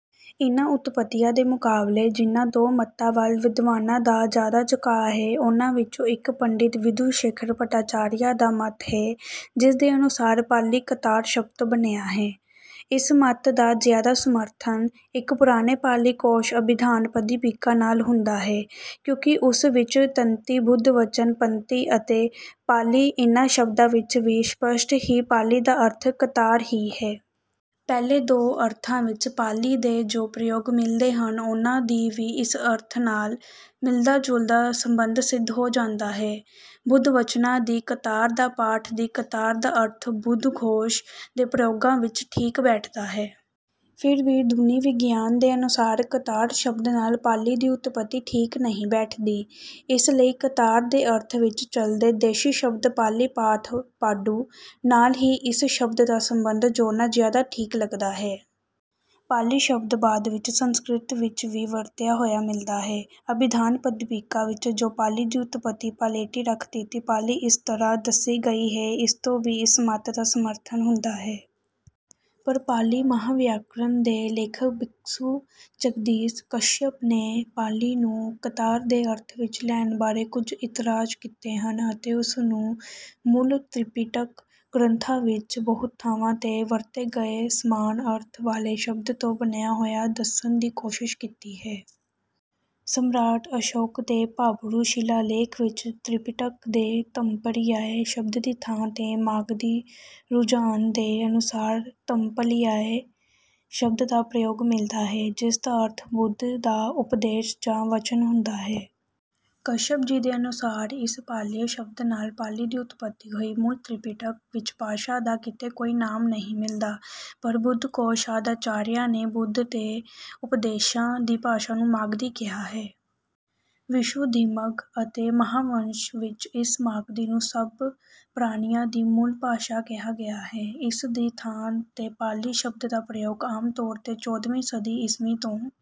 ਇਨ੍ਹਾਂ ਉਤਪੱਤੀਆਂ ਦੇ ਮੁਕਾਬਲੇ ਜਿਨ੍ਹਾਂ ਦੋ ਮਤਾਂ ਵੱਲ ਵਿਦਵਾਨਾਂ ਦਾ ਜਿਆਦਾ ਝੁਕਾਅ ਹੈ ਉਨ੍ਹਾਂ ਵਿੱਚੋਂ ਇੱਕ ਪੰਡਿਤ ਵਿਧੁਸ਼ੇਖਰ ਭੱਟਾਚਾਰੀਆ ਦਾ ਮਤ ਹੈ ਜਿਸਦੇ ਅਨੁਸਾਰ ਪਾਲੀ ਕਤਾਰ ਸ਼ਬਦ ਤੋਂ ਬਣਿਆ ਹੈ। ਇਸ ਮਤ ਦਾ ਜਿਆਦਾ ਸਮਰਥਨ ਇੱਕ ਪੁਰਾਣੇ ਪਾਲੀ ਕੋਸ਼ ਅਭਿਧਾਨੱਪਦੀਪਿਕਾ ਨਾਲ ਹੁੰਦਾ ਹੈ ਕਿਉਂਕਿ ਉਸ ਵਿੱਚ ਤੰਤੀ ਬੁੱਧਵਚਨ ਪੰਤੀ ਅਤੇ ਪਾਲੀ ਇਨ੍ਹਾਂ ਸ਼ਬਦਾਂ ਵਿੱਚ ਵੀ ਸਪੱਸ਼ਟ ਹੀ ਪਾਲੀ ਦਾ ਅਰਥ ਕਤਾਰ ਹੀ ਹੈ। ਪਹਿਲੇ ਦੋ ਅਰਥਾਂ ਵਿੱਚ ਪਾਲੀ ਦੇ ਜੋ ਪ੍ਰਯੋਗ ਮਿਲਦੇ ਹਨ ਉਨ੍ਹਾਂ ਦੀ ਵੀ ਇਸ ਅਰਥ ਨਾਲ ਮਿਲਦਾ ਜੁਲਦਾ ਸਬੰਧ ਸਿੱਧ ਹੋ ਜਾਂਦਾ ਹੈ। ਬੁੱਧਵਚਨਾਂ ਦੀ ਕਤਾਰ ਜਾਂ ਪਾਠ ਦੀ ਕਤਾਰ ਦਾ ਅਰਥ ਬੁੱਧਘੋਸ਼ ਦੇ ਪ੍ਰਯੋਗਾਂ ਵਿੱਚ ਠੀਕ ਬੈਠਦਾ ਹੈ। ਫਿਰ ਵੀ ਧੁਨੀਵਿਗਿਆਨ ਦੇ ਅਨੁਸਾਰ ਕਤਾਰ ਸ਼ਬਦ ਨਾਲ ਪਾਲੀ ਦੀ ਉਤਪੱਤੀ ਠੀਕ ਨਹੀਂ ਬੈਠਦੀ। ਇਸ ਲਈ ਕਤਾਰ ਦੇ ਅਰਥ ਵਿੱਚ ਚਲਦੇ ਦੇਸ਼ੀ ਸ਼ਬਦ ਪਾਲੀ ਪਾਠ ਪਾਡੂ ਨਾਲ ਹੀ ਇਸ ਸ਼ਬਦ ਦਾ ਸਬੰਧ ਜੋੜਨਾ ਜਿਆਦਾ ਠੀਕ ਲੱਗਦਾ ਹੈ। ਪਾਲੀ ਸ਼ਬਦ ਬਾਅਦ ਵਿੱਚ ਸੰਸਕ੍ਰਿਤ ਵਿੱਚ ਵੀ ਵਰਤਿਆ ਹੋਇਆ ਮਿਲਦਾ ਹੈ। ਅਭਿਧਾਨੱਪਦੀਪਿਕਾ ਵਿੱਚ ਜੋ ਪਾਲੀ ਦੀ ਉਤਪੱਤੀ ਪਾਲੇਤੀ ਰੱਖਤੀਤੀ ਪਾਲੀ ਇਸ ਤਰ੍ਹਾਂ ਦੱਸੀ ਗਈ ਹੈ ਉਸਤੋਂ ਵੀ ਇਸ ਮਤ ਦਾ ਸਮਰਥਨ ਹੁੰਦਾ ਹੈ। ਪਰ ਪਾਲੀ ਮਹਾਵਿਆਕਰਨ ਦੇ ਲੇਖਕ ਭਿਕਸ਼ੂ ਜਗਦੀਸ਼ ਕਸ਼ਿਅਪ ਨੇ ਪਾਲੀ ਨੂੰ ਕਤਾਰ ਦੇ ਅਰਥ ਵਿੱਚ ਲੈਣ ਬਾਰੇ ਕੁੱਝ ਇਤਰਾਜ਼ ਕੀਤੇ ਹਨ ਅਤੇ ਉਸਨੂੰ ਮੂਲ ਤ੍ਰਿਪਿਟਕ ਗ੍ਰੰਥਾਂ ਵਿੱਚ ਬਹੁਤ ਥਾਵਾਂ ਤੇ ਵਰਤੇ ਗਏ ਸਮਾਨ ਅਰਥ ਵਾਲੇ ਸ਼ਬਦ ਤੋਂ ਬਣਿਆ ਹੋਇਆ ਦੱਸਣ ਦੀ ਕੋਸ਼ਿਸ਼ ਕੀਤੀ ਹੈ। ਸਮਰਾਟ ਅਸ਼ੋਕ ਦੇ ਭਾਬਰੂ ਸ਼ਿਲਾਲੇਖ ਵਿੱਚ ਤ੍ਰਿਪਿਟਕ ਦੇ ਧੰਮਪਰਿਆਏ ਸ਼ਬਦ ਦੀ ਥਾਂ ਤੇ ਮਾਗਧੀ ਰੁਝਾਨ ਦੇ ਅਨੁਸਾਰ ਧੰਮ ਪਲਿਆਏ ਸ਼ਬਦ ਦਾ ਪ੍ਰਯੋਗ ਮਿਲਦਾ ਹੈ ਜਿਸਦਾ ਅਰਥ ਬੁੱਧ ਦਾ ਉਪਦੇਸ਼ ਜਾਂ ਵਚਨ ਹੁੰਦਾ ਹੈ। ਕਸ਼ਿਅਪ ਜੀ ਦੇ ਅਨੁਸਾਰ ਇਸ ਪਲਿਆਏ ਸ਼ਬਦ ਨਾਲ ਪਾਲੀ ਦੀ ਉਤਪੱਤੀ ਹੋਈ। ਮੂਲ ਤ੍ਰਿਪਿਟਕ ਵਿੱਚ ਭਾਸ਼ਾ ਦਾ ਕਿਤੇ ਕੋਈ ਨਾਮ ਨਹੀਂ ਮਿਲਦਾ। ਪਰ ਬੁੱਧਘੋਸ਼ ਆਦਿ ਆਚਾਰੀਆਂ ਨੇ ਬੁੱਧ ਦੇ ਉਪਦੇਸ਼ਾਂ ਦੀ ਭਾਸ਼ਾ ਨੂੰ ਮਾਗਧੀ ਕਿਹਾ ਹੈ। ਵਿਸੁੱਧਿਮੱਗ ਅਤੇ ਮਹਾਵੰਸ ਵਿੱਚ ਇਸ ਮਾਗਧੀ ਨੂੰ ਸਭ ਪ੍ਰਾਣੀਆਂ ਦੀ ਮੂਲ ਭਾਸ਼ਾ ਕਿਹਾ ਗਿਆ ਹੈ। ਉਸ ਦੀ ਥਾਂ ਤੇ ਪਾਲੀ ਸ਼ਬਦ ਦਾ ਪ੍ਰਯੋਗ ਆਮ ਤੌਰ ਤੇ ਚੌਦਵੀਂ ਸਦੀ ਈਸਵੀ ਤੋਂ